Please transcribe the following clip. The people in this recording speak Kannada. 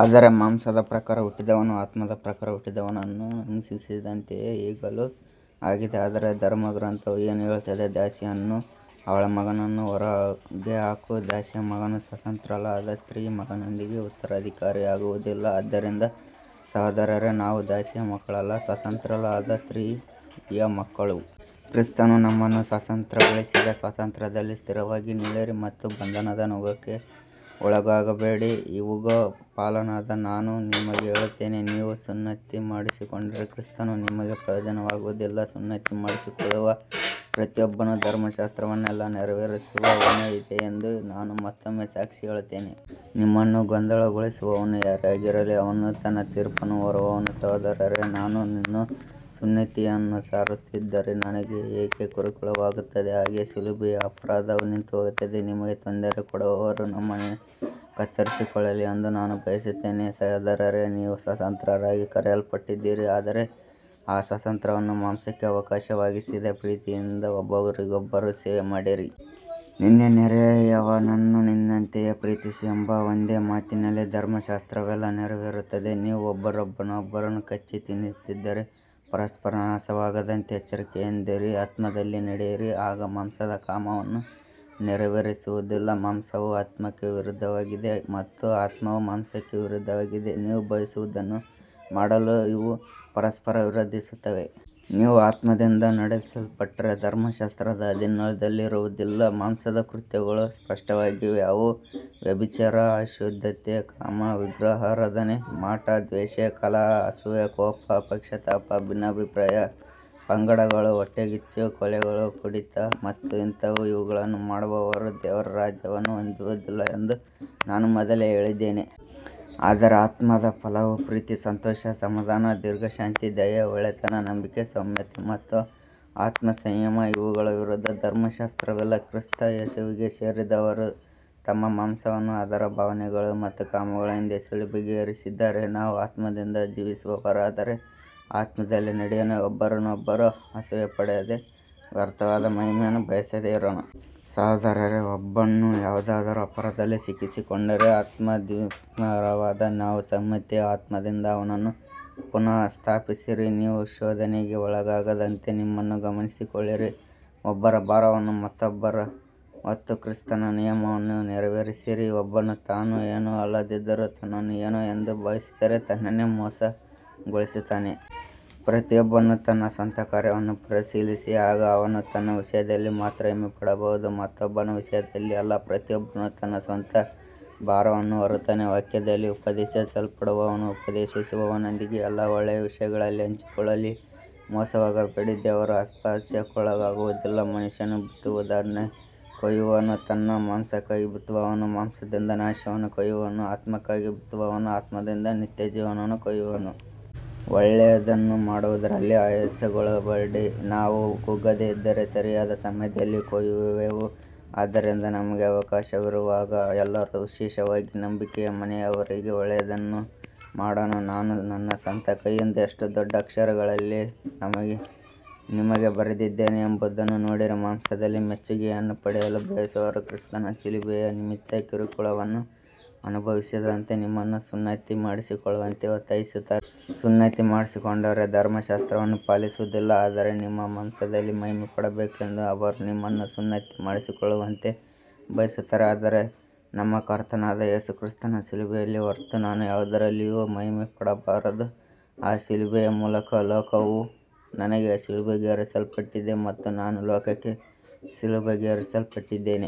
ಆದರೆ ಮಾಂಸದ ಪ್ರಕಾರ ಹುಟ್ಟಿದವನು ಆತ್ಮದ ಪ್ರಕಾರ ಹುಟ್ಟಿದವನನ್ನು ಹಿಂಸಿಸಿದಂತೆಯೇ ಈಗಲೂ ಆಗಿದೆ. ಆದರೆ ಧರ್ಮಗ್ರಂಥವು ಏನು ಹೇಳುತ್ತದೆ. ದಾಸಿಯನ್ನೂ ಅವಳ ಮಗನನ್ನೂ ಹೊರಗೆ ಹಾಕು, ದಾಸಿಯ ಮಗನು ಸ್ವತಂತ್ರಳಾದ ಸ್ತ್ರೀಯ ಮಗನೊಂದಿಗೆ ಉತ್ತರಾಧಿಕಾರಿಯಾಗುವುದಿಲ್ಲ. ಆದ್ದರಿಂದ ಸಹೋದರರೇ, ನಾವು ದಾಸಿಯ ಮಕ್ಕಳಲ್ಲ, ಸ್ವತಂತ್ರಳಾದ ಸ್ತ್ರೀಯ ಮಕ್ಕಳು. ಕ್ರಿಸ್ತನು ನಮ್ಮನ್ನು ಸ್ವತಂತ್ರಗೊಳಿಸಿದ ಸ್ವಾತಂತ್ರ್ಯದಲ್ಲಿ ಸ್ಥಿರವಾಗಿ ನಿಲ್ಲಿರಿ, ಮತ್ತೆ ಬಂಧನದ ನೊಗಕ್ಕೆ ಒಳಗಾಗಬೇಡಿ. ಇಗೋ, ಪೌಲನಾದ ನಾನು ನಿಮಗೆ ಹೇಳುತ್ತೇನೆ, ನೀವು ಸುನ್ನತಿ ಮಾಡಿಸಿಕೊಂಡರೆ ಕ್ರಿಸ್ತನು ನಿಮಗೆ ಪ್ರಯೋಜನವಾಗುವುದಿಲ್ಲ. ಸುನ್ನತಿ ಮಾಡಿಸಿಕೊಳ್ಳುವ ಪ್ರತಿಯೊಬ್ಬನಿಗೂ ಧರ್ಮಶಾಸ್ತ್ರವನ್ನೆಲ್ಲಾ ನೆರವೇರಿಸುವ ಹೊಣೆ ಇದೆ ಎಂದು ನಾನು ಮತ್ತೊಮ್ಮೆ ಸಾಕ್ಷಿ ಹೇಳುತ್ತೇನೆ. ನಿಮ್ಮನ್ನು ಗೊಂದಲಗೊಳಿಸುವವನು ಯಾರೇ ಆಗಿರಲಿ, ಅವನು ತನ್ನ ತೀರ್ಪನ್ನು ಹೊರುವನು. ಸಹೋದರರೇ, ನಾನು ಇನ್ನೂ ಸುನ್ನತಿಯನ್ನು ಸಾರುತ್ತಿದ್ದರೆ ನನಗೆ ಏಕೆ ಕಿರುಕುಳವಾಗುತ್ತದೆ. ಆಗ ಶಿಲುಬೆಯ ಅಪರಾಧವು ನಿಂತುಹೋಗುತ್ತದೆ. ನಿಮಗೆ ತೊಂದರೆ ಕೊಡುವವರು ತಮ್ಮನ್ನೇ ಕತ್ತರಿಸಿಕೊಳ್ಳಲಿ ಎಂದು ನಾನು ಬಯಸುತ್ತೇನೆ. ಸಹೋದರರೇ, ನೀವು ಸ್ವಾತಂತ್ರ್ಯಕ್ಕಾಗಿ ಕರೆಯಲ್ಪಟ್ಟಿದ್ದೀರಿ. ಆದರೆ ಆ ಸ್ವಾತಂತ್ರ್ಯವನ್ನು ಮಾಂಸಕ್ಕೆ ಅವಕಾಶವಾಗಿಸದೆ ಪ್ರೀತಿಯಿಂದ ಒಬ್ಬರಿಗೊಬ್ಬರು ಸೇವೆ ಮಾಡಿರಿ. ನಿನ್ನ ನೆರೆಯವನನ್ನು ನಿನ್ನಂತೆಯೇ ಪ್ರೀತಿಸು ಎಂಬ ಒಂದೇ ಮಾತಿನಲ್ಲಿ ಧರ್ಮಶಾಸ್ತ್ರವೆಲ್ಲಾ ನೆರವೇರುತ್ತದೆ. ನೀವು ಒಬ್ಬರನ್ನೊಬ್ಬರು ಕಚ್ಚಿ ತಿನ್ನುತ್ತಿದ್ದರೆ ಪರಸ್ಪರ ನಾಶವಾಗದಂತೆ ಎಚ್ಚರಿಕೆಯಿಂದಿರಿ. ಆತ್ಮದಲ್ಲಿ ನಡೆಯಿರಿ, ಆಗ ಮಾಂಸದ ಕಾಮವನ್ನು ನೆರವೇರಿಸುವುದಿಲ್ಲ. ಮಾಂಸವು ಆತ್ಮಕ್ಕೆ ವಿರುದ್ಧವಾಗಿದೆ ಮತ್ತು ಆತ್ಮವು ಮಾಂಸಕ್ಕೆ ವಿರುದ್ಧವಾಗಿದೆ. ನೀವು ಬಯಸುವುದನ್ನು ಮಾಡಲು ಇವು ಪರಸ್ಪರ ವಿರೋಧಿಸುತ್ತವೆ. ನೀವು ಆತ್ಮದಿಂದ ನಡೆಸಲ್ಪಟ್ಟರೆ ಧರ್ಮಶಾಸ್ತ್ರದ ಅಧೀನದಲ್ಲಿರುವುದಿಲ್ಲ. ಮಾಂಸದ ಕೃತ್ಯಗಳು ಸ್ಪಷ್ಟವಾಗಿವೆ, ಅವು ವ್ಯಭಿಚಾರ, ಅಶುದ್ಧತೆ, ಕಾಮ, ವಿಗ್ರಹಾರಾಧನೆ, ಮಾಟ, ದ್ವೇಷ, ಕಲಹ, ಅಸೂಯೆ, ಕೋಪ, ಪಕ್ಷಪಾತ, ಭಿನ್ನಾಭಿಪ್ರಾಯ, ಪಂಗಡಗಳು, ಹೊಟ್ಟೆಕಿಚ್ಚು, ಕೊಲೆಗಳು, ಕುಡಿತ ಮತ್ತು ಇಂಥವು. ಇವುಗಳನ್ನು ಮಾಡುವವರು ದೇವರ ರಾಜ್ಯವನ್ನು ಹೊಂದುವುದಿಲ್ಲ ಎಂದು ನಾನು ಮೊದಲೇ ಹೇಳಿದ್ದೇನೆ. ಆದರೆ ಆತ್ಮದ ಫಲವು ಪ್ರೀತಿ, ಸಂತೋಷ, ಸಮಾಧಾನ, ದೀರ್ಘಶಾಂತಿ, ದಯೆ, ಒಳ್ಳೆಯತನ, ನಂಬಿಕೆ, ಸೌಮ್ಯತೆ ಮತ್ತು ಆತ್ಮಸಂಯಮ. ಇವುಗಳ ವಿರುದ್ಧ ಧರ್ಮಶಾಸ್ತ್ರವಿಲ್ಲ. ಕ್ರಿಸ್ತ ಯೇಸುವಿಗೆ ಸೇರಿದವರು ತಮ್ಮ ಮಾಂಸವನ್ನು ಅದರ ಭಾವನೆಗಳು ಮತ್ತು ಕಾಮಗಳೊಂದಿಗೆ ಶಿಲುಬೆಗೇರಿಸಿದ್ದಾರೆ. ನಾವು ಆತ್ಮದಿಂದ ಜೀವಿಸುವವರಾದರೆ ಆತ್ಮದಲ್ಲೇ ನಡೆಯೋಣ. ಒಬ್ಬರನ್ನೊಬ್ಬರು ಅಸೂಯೆಪಡದೆ ವ್ಯರ್ಥವಾದ ಮಹಿಮೆಯನ್ನು ಬಯಸದೆ ಇರೋಣ. ಸಹೋದರರೇ, ಒಬ್ಬನು ಯಾವುದಾದರೂ ಅಪರಾಧದಲ್ಲಿ ಸಿಕ್ಕಿಕೊಂಡರೆ ಆಧ್ಯಾತ್ಮಿಕರಾದ ನೀವು ಸೌಮ್ಯತೆಯ ಆತ್ಮದಿಂದ ಅವನನ್ನು ಪುನಃಸ್ಥಾಪಿಸಿರಿ. ನೀವೂ ಶೋಧನೆಗೆ ಒಳಗಾಗದಂತೆ ನಿಮ್ಮನ್ನು ಗಮನಿಸಿಕೊಳ್ಳಿರಿ. ಒಬ್ಬರ ಭಾರವನ್ನು ಮತ್ತೊಬ್ಬರು ಹೊತ್ತು ಕ್ರಿಸ್ತನ ನಿಯಮವನ್ನು ನೆರವೇರಿಸಿರಿ. ಒಬ್ಬನು ತಾನು ಏನೂ ಅಲ್ಲದಿದ್ದರೂ ತನ್ನನ್ನು ಏನೋ ಎಂದು ಭಾವಿಸಿದರೆ ತನ್ನನ್ನೇ ಮೋಸಗೊಳಿಸಿಕೊಳ್ಳುತ್ತಾನೆ. ಪ್ರತಿಯೊಬ್ಬನು ತನ್ನ ಸ್ವಂತ ಕಾರ್ಯವನ್ನು ಪರಿಶೀಲಿಸಲಿ. ಆಗ ಅವನು ತನ್ನ ವಿಷಯದಲ್ಲಿ ಮಾತ್ರ ಹೆಮ್ಮೆಪಡಬಹುದು, ಮತ್ತೊಬ್ಬನ ವಿಷಯದಲ್ಲಿ ಅಲ್ಲ. ಪ್ರತಿಯೊಬ್ಬನು ತನ್ನ ಸ್ವಂತ ಭಾರವನ್ನು ಹೊರುತ್ತಾನೆ. ವಾಕ್ಯದಲ್ಲಿ ಉಪದೇಶಿಸಲ್ಪಡುವವನು ಉಪದೇಶಿಸುವವನೊಂದಿಗೆ ಎಲ್ಲಾ ಒಳ್ಳೆಯ ವಿಷಯಗಳಲ್ಲಿ ಹಂಚಿಕೊಳ್ಳಲಿ. ಮೋಸಹೋಗಬೇಡಿ, ದೇವರು ಅಪಹಾಸ್ಯಕ್ಕೊಳಗಾಗುವುದಿಲ್ಲ. ಮನುಷ್ಯನು ಬಿತ್ತುವುದನ್ನೇ ಕೊಯ್ಯುವನು. ತನ್ನ ಮಾಂಸಕ್ಕಾಗಿ ಬಿತ್ತುವವನು ಮಾಂಸದಿಂದ ನಾಶವನ್ನು ಕೊಯ್ಯುವನು, ಆತ್ಮಕ್ಕಾಗಿ ಬಿತ್ತುವವನು ಆತ್ಮದಿಂದ ನಿತ್ಯಜೀವವನ್ನು ಕೊಯ್ಯುವನು. ಒಳ್ಳೆಯದನ್ನು ಮಾಡುವುದರಲ್ಲಿ ಆಯಾಸಗೊಳ್ಳಬೇಡಿ. ನಾವು ಕುಗ್ಗದೆ ಇದ್ದರೆ ಸರಿಯಾದ ಸಮಯದಲ್ಲಿ ಕೊಯ್ಯುವೆವು. ಆದ್ದರಿಂದ ನಮಗೆ ಅವಕಾಶವಿರುವಾಗ ಎಲ್ಲರಿಗೂ, ವಿಶೇಷವಾಗಿ ನಂಬಿಕೆಯ ಮನೆಯವರಿಗೆ, ಒಳ್ಳೆಯದನ್ನು ಮಾಡೋಣ. ನಾನು ನನ್ನ ಸ್ವಂತ ಕೈಯಿಂದ ಎಷ್ಟು ದೊಡ್ಡ ಅಕ್ಷರಗಳಲ್ಲಿ ನಿಮಗೆ ಬರೆದಿದ್ದೇನೆ ಎಂಬುದನ್ನು ನೋಡಿರಿ. ಮಾಂಸದಲ್ಲಿ ಮೆಚ್ಚುಗೆಯನ್ನು ಪಡೆಯಲು ಬಯಸುವವರು ಕ್ರಿಸ್ತನ ಶಿಲುಬೆಯ ನಿಮಿತ್ತ ಕಿರುಕುಳವನ್ನು ಅನುಭವಿಸದಂತೆ ನಿಮ್ಮನ್ನು ಸುನ್ನತಿ ಮಾಡಿಸಿಕೊಳ್ಳುವಂತೆ ಒತ್ತಾಯಿಸುತ್ತಾರೆ. ಸುನ್ನತಿ ಮಾಡಿಸಿಕೊಂಡವರೇ ಧರ್ಮಶಾಸ್ತ್ರವನ್ನು ಪಾಲಿಸುವುದಿಲ್ಲ, ಆದರೆ ನಿಮ್ಮ ಮಾಂಸದಲ್ಲಿ ಮಹಿಮೆಪಡಬೇಕೆಂದು ಅವರು ನಿಮ್ಮನ್ನು ಸುನ್ನತಿ ಮಾಡಿಸಿಕೊಳ್ಳುವಂತೆ ಬಯಸುತ್ತಾರೆ. ಆದರೆ ನಮ್ಮ ಕರ್ತನಾದ ಯೇಸು ಕ್ರಿಸ್ತನ ಶಿಲುಬೆಯಲ್ಲಿ ಹೊರತು ನಾನು ಯಾವುದರಲ್ಲಿಯೂ ಮಹಿಮೆಪಡಬಾರದು. ಆ ಶಿಲುಬೆಯ ಮೂಲಕ ಲೋಕವು ನನಗೆ ಶಿಲುಬೆಗೇರಿಸಲ್ಪಟ್ಟಿದೆ ಮತ್ತು ನಾನು ಲೋಕಕ್ಕೆ ಶಿಲುಬೆಗೇರಿಸಲ್ಪಟ್ಟಿದ್ದೇನೆ.